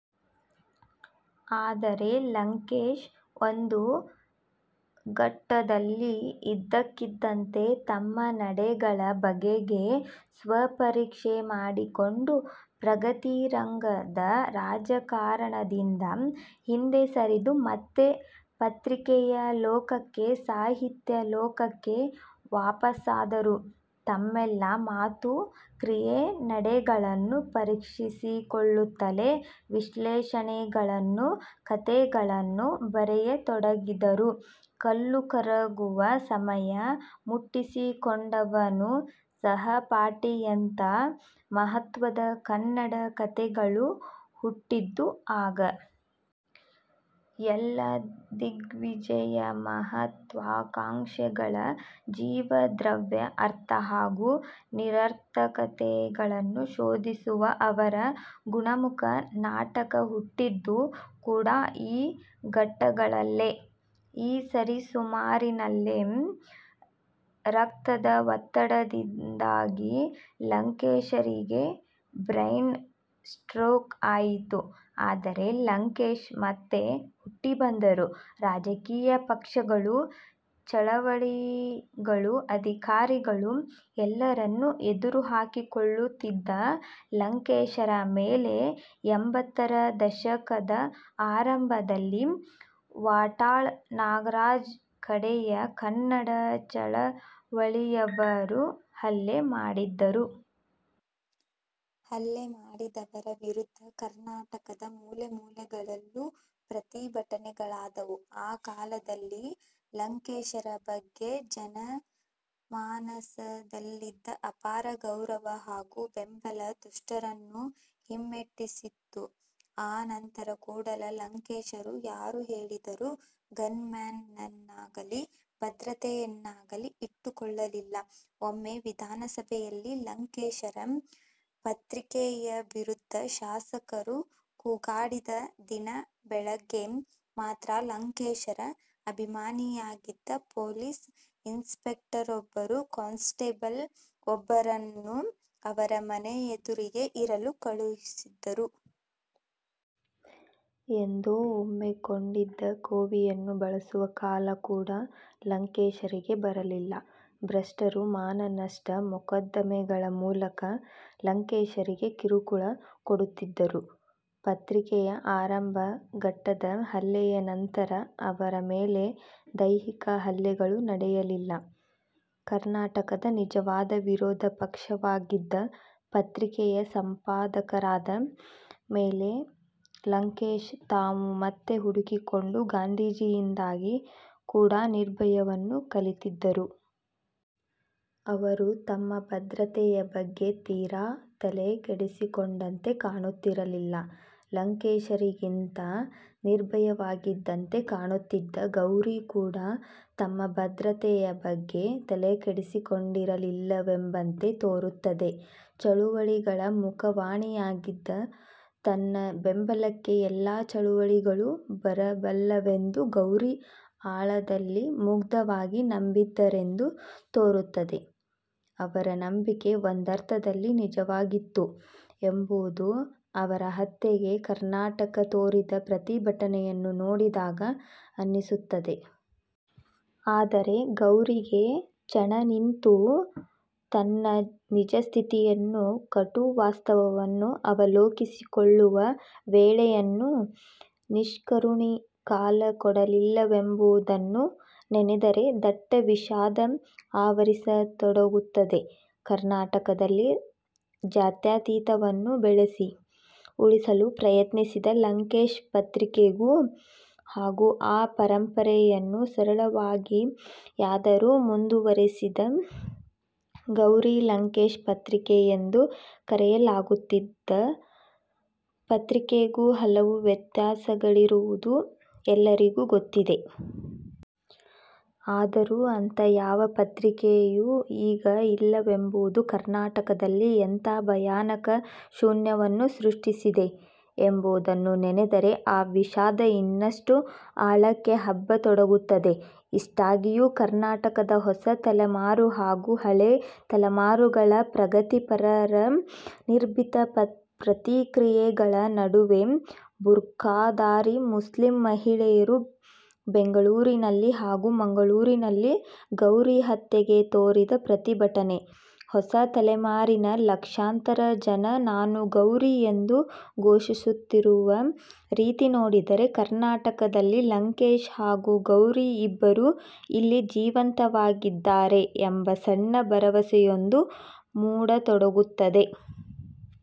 ಆದರೆ ಲಂಕೇಶ್ ಒಂದು ಘಟ್ಟದಲ್ಲಿ ಇದ್ದಕ್ಕಿದ್ದಂತೆ ತಮ್ಮ ನಡೆಗಳ ಬಗೆಗೆ ಸ್ವಪರೀಕ್ಷೆ ಮಾಡಿಕೊಂಡು, 'ಪ್ರಗತಿರಂಗ'ದ ರಾಜಕಾರಣದಿಂದ ಹಿಂದೆ ಸರಿದು ಮತ್ತೆ ಪತ್ರಿಕೆಯ ಲೋಕಕ್ಕೆ ಸಾಹಿತ್ಯ ಲೋಕಕ್ಕೆ ವಾಪಸಾದರು. ತಮ್ಮೆಲ್ಲ ಮಾತು, ಕ್ರಿಯೆ, ನಡೆಗಳನ್ನೂ ಪರೀಕ್ಷಿಸಿಕೊಳ್ಳುತ್ತಲೇ ವಿಶ್ಲೇಷಣೆಗಳನ್ನು, ಕತೆಗಳನ್ನು ಬರೆಯತೊಡಗಿದರು. 'ಕಲ್ಲು ಕರಗುವ ಸಮಯ', 'ಮುಟ್ಟಿಸಿಕೊಂಡವನು', 'ಸಹಪಾಠಿ'ಯಂಥ ಮಹತ್ವದ ಕನ್ನಡ ಕತೆಗಳು ಹುಟ್ಟಿದ್ದು ಆಗ. ಎಲ್ಲ ದಿಗ್ವಿಜಯ, ಮಹತ್ವಾಕಾಂಕ್ಷೆಗಳ ಜೀವದ್ರವ್ಯ, ಅರ್ಥ ಹಾಗೂ ನಿರರ್ಥಕತೆಗಳನ್ನು ಶೋಧಿಸುವ ಅವರ 'ಗುಣಮುಖ' ನಾಟಕ ಹುಟ್ಟಿದ್ದು ಕೂಡ ಈ ಘಟ್ಟಗಳಲ್ಲೇ. ಈ ಸರಿಸುಮಾರಿನಲ್ಲೇ ರಕ್ತದ ಒತ್ತಡದಿಂದಾಗಿ ಲಂಕೇಶರಿಗೆ ಬ್ರೈನ್ ಸ್ಟ್ರೋಕ್ ಆಯಿತು. ಆದರೆ ಲಂಕೇಶ್ ಮತ್ತೆ ಹುಟ್ಟಿ ಬಂದರು. ರಾಜಕೀಯ ಪಕ್ಷಗಳು, ಚಳವಳಿಗಳು, ಅಧಿಕಾರಿಗಳು ಎಲ್ಲರನ್ನೂ ಎದುರು ಹಾಕಿಕೊಳ್ಳುತ್ತಿದ್ದ ಲಂಕೇಶರ ಮೇಲೆ ಎಂಬತ್ತರ ದಶಕದ ಆರಂಭದಲ್ಲಿ ವಾಟಾಳ್ ನಾಗರಾಜ್ ಕಡೆಯ ಕನ್ನಡ ಚಳವಳಿಯವರು ಹಲ್ಲೆ ಮಾಡಿದ್ದರು. ಹಲ್ಲೆ ಮಾಡಿದವರ ವಿರುದ್ಧ ಕರ್ನಾಟಕದ ಮೂಲೆಮೂಲೆಗಳಲ್ಲೂ ಪ್ರತಿಭಟನೆಗಳಾದವು. ಆ ಕಾಲದಲ್ಲಿ ಲಂಕೇಶರ ಬಗ್ಗೆ ಜನಮಾನಸದಲ್ಲಿದ್ದ ಅಪಾರ ಗೌರವ ಹಾಗೂ ಬೆಂಬಲ ದುಷ್ಟರನ್ನು ಹಿಮ್ಮೆಟ್ಟಿಸಿತ್ತು. ಆನಂತರ ಕೂಡ ಲಂಕೇಶರು ಯಾರು ಹೇಳಿದರೂ ಗನ್ ಮ್ಯಾನ್ ನನ್ನಾಗಲೀ ಭದ್ರತೆಯನ್ನಾಗಲೀ ಇಟ್ಟುಕೊಳ್ಳಲಿಲ್ಲ. ಒಮ್ಮೆ ವಿಧಾನಸಭೆಯಲ್ಲಿ ಲಂಕೇಶರ ಪತ್ರಿಕೆಯ ವಿರುದ್ಧ ಶಾಸಕರು ಕೂಗಾಡಿದ ದಿನ ಬೆಳಗ್ಗೆ ಮಾತ್ರ ಲಂಕೇಶರ ಅಭಿಮಾನಿಯಾಗಿದ್ದ ಪೊಲೀಸ್ ಇನ್ ಸ್ಪೆಕ್ಟರೊಬ್ಬರು ಕಾನ್ ಸ್ಟೇಬಲ್ ಒಬ್ಬರನ್ನು ಅವರ ಮನೆಯೆದುರಿಗೆ ಇರಲು ಕಳಿಸಿದ್ದರು. ಎಂದೋ ಒಮ್ಮೆ ಕೊಂಡಿದ್ದ ಕೋವಿಯನ್ನು ಬಳಸುವ ಕಾಲ ಕೂಡ ಲಂಕೇಶರಿಗೆ ಬರಲಿಲ್ಲ. ಭ್ರಷ್ಟರು ಮಾನನಷ್ಟ ಮೊಕದ್ದಮೆಗಳ ಮೂಲಕ ಲಂಕೇಶರಿಗೆ ಕಿರುಕುಳ ಕೊಡುತ್ತಿದ್ದರೂ, ಪತ್ರಿಕೆಯ ಆರಂಭ ಘಟ್ಟದ ಹಲ್ಲೆಯ ನಂತರ ಅವರ ಮೇಲೆ ದೈಹಿಕ ಹಲ್ಲೆಗಳು ನಡೆಯಲಿಲ್ಲ. ಕರ್ನಾಟಕದ ನಿಜವಾದ ವಿರೋಧ ಪಕ್ಷವಾಗಿದ್ದ ಪತ್ರಿಕೆಯ ಸಂಪಾದಕರಾದ ಮೇಲೆ ಲಂಕೇಶ್ ತಾವು ಮತ್ತೆ ಹುಡುಕಿಕೊಂಡ ಗಾಂಧೀಜಿಯಿಂದಾಗಿ ಕೂಡ ನಿರ್ಭಯವನ್ನು ಕಲಿತಿದ್ದರು. ಅವರು ತಮ್ಮ ಭದ್ರತೆಯ ಬಗ್ಗೆ ತೀರಾ ತಲೆ ಕೆಡಿಸಿಕೊಂಡಂತೆ ಕಾಣುತ್ತಿರಲಿಲ್ಲ. ಲಂಕೇಶರಿಗಿಂತ ನಿರ್ಭಯವಾಗಿದ್ದಂತೆ ಕಾಣುತ್ತಿದ್ದ ಗೌರಿ ಕೂಡ ತಮ್ಮ ಭದ್ರತೆಯ ಬಗ್ಗೆ ತಲೆಕೆಡಿಸಿಕೊಂಡಿರಲಿಲ್ಲವೆಂಬಂತೆ ತೋರುತ್ತದೆ. ಚಳವಳಿಗಳ ಮುಖವಾಣಿಯಾಗಿದ್ದ ತನ್ನ ಬೆಂಬಲಕ್ಕೆ ಎಲ್ಲ ಚಳವಳಿಗಳೂ ಬರಬಲ್ಲವೆಂದು ಗೌರಿ ಆಳದಲ್ಲಿ ಮುಗ್ಧವಾಗಿ ನಂಬಿದ್ದರೆಂದು ತೋರುತ್ತದೆ. ಅವರ ನಂಬಿಕೆ ಒಂದರ್ಥದಲ್ಲಿ ನಿಜವಾಗಿತ್ತು ಎಂಬುದು ಅವರ ಹತ್ಯೆಗೆ ಕರ್ನಾಟಕ ತೋರಿದ ಪ್ರತಿಭಟನೆಯನ್ನು ನೋಡಿದಾಗ ಅನ್ನಿಸುತ್ತದೆ. ಆದರೆ ಗೌರಿಗೆ ಚಣ ನಿಂತು ತನ್ನ ನಿಜಸ್ಥಿತಿಯನ್ನು, ಕಟು ವಾಸ್ತವವನ್ನು ಅವಲೋಕಿಸಿಕೊಳ್ಳುವ ವೇಳೆಯನ್ನೂ ನಿಷ್ಕರುಣಿ ಕಾಲ ಕೊಡಲಿಲ್ಲವೆಂಬುದನ್ನು ನೆನೆದರೆ ದಟ್ಟ ವಿಷಾದ ಆವರಿಸತೊಡಗುತ್ತದೆ. ಕರ್ನಾಟಕದಲ್ಲಿ ಜಾತ್ಯತೀತವನ್ನು ಬೆಳೆಸಿ, ಉಳಿಸಲು ಪ್ರಯತ್ನಿಸಿದ 'ಲಂಕೇಶ್ ಪತ್ರಿಕೆ'ಗೂ ಹಾಗೂ ಆ ಪರಂಪರೆಯನ್ನು ಸರಳವಾಗಿಯಾದರೂ ಮುಂದುವರಿಸಿದ, 'ಗೌರಿ ಲಂಕೇಶ್ ಪತ್ರಿಕೆ' ಎಂದು ಕರೆಯಲಾಗುತ್ತಿದ್ದ ಪತ್ರಿಕೆಗೂ ಹಲವು ವ್ಯತ್ಯಾಸಗಳಿರುವುದು ಎಲ್ಲರಿಗೂ ಗೊತ್ತಿದೆ. ಆದರೂ ಅಂಥ ಯಾವ ಪತ್ರಿಕೆಯೂ ಈಗ ಇಲ್ಲವೆಂಬುದು ಕರ್ನಾಟಕದಲ್ಲಿ ಎಂಥ ಭಯಾನಕ ಶೂನ್ಯವನ್ನು ಸೃಷ್ಟಿಸಿದೆ ಎಂಬುದನ್ನು ನೆನೆದರೆ ಆ ವಿಷಾದ ಇನ್ನಷ್ಟು ಆಳಕ್ಕೆ ಹಬ್ಬತೊಡಗುತ್ತದೆ. ಇಷ್ಟಾಗಿಯೂ, ಕರ್ನಾಟಕದ ಹೊಸ ತಲೆಮಾರು ಹಾಗೂ ಹಳೆಯ ತಲೆಮಾರುಗಳ ಪ್ರಗತಿಪರರ ನಿರ್ಭೀತ ಪ್ರತಿಕ್ರಿಯೆಗಳ ನಡುವೆ ಬುರ್ಖಾಧಾರಿ ಮುಸ್ಲಿಂ ಮಹಿಳೆಯರು ಬೆಂಗಳೂರಿನಲ್ಲಿ ಹಾಗೂ ಮಂಗಳೂರಿನಲ್ಲಿ ಗೌರಿ ಹತ್ಯೆಗೆ ತೋರಿದ ಪ್ರತಿಭಟನೆ, ಹೊಸ ತಲೆಮಾರಿನ ಲಕ್ಷಾಂತರ ಜನ 'ನಾನು ಗೌರಿ' ಎಂದು ಘೋಷಿಸುತ್ತಿರುವ ರೀತಿ ನೋಡಿದರೆ ಕರ್ನಾಟಕದಲ್ಲಿ ಲಂಕೇಶ್ ಹಾಗೂ ಗೌರಿ ಇಬ್ಬರೂ ಇಲ್ಲಿ ಜೀವಂತವಾಗಿದ್ದಾರೆ ಎಂಬ ಸಣ್ಣ ಭರವಸೆಯೊಂದು ಮೂಡತೊಡಗುತ್ತದೆ.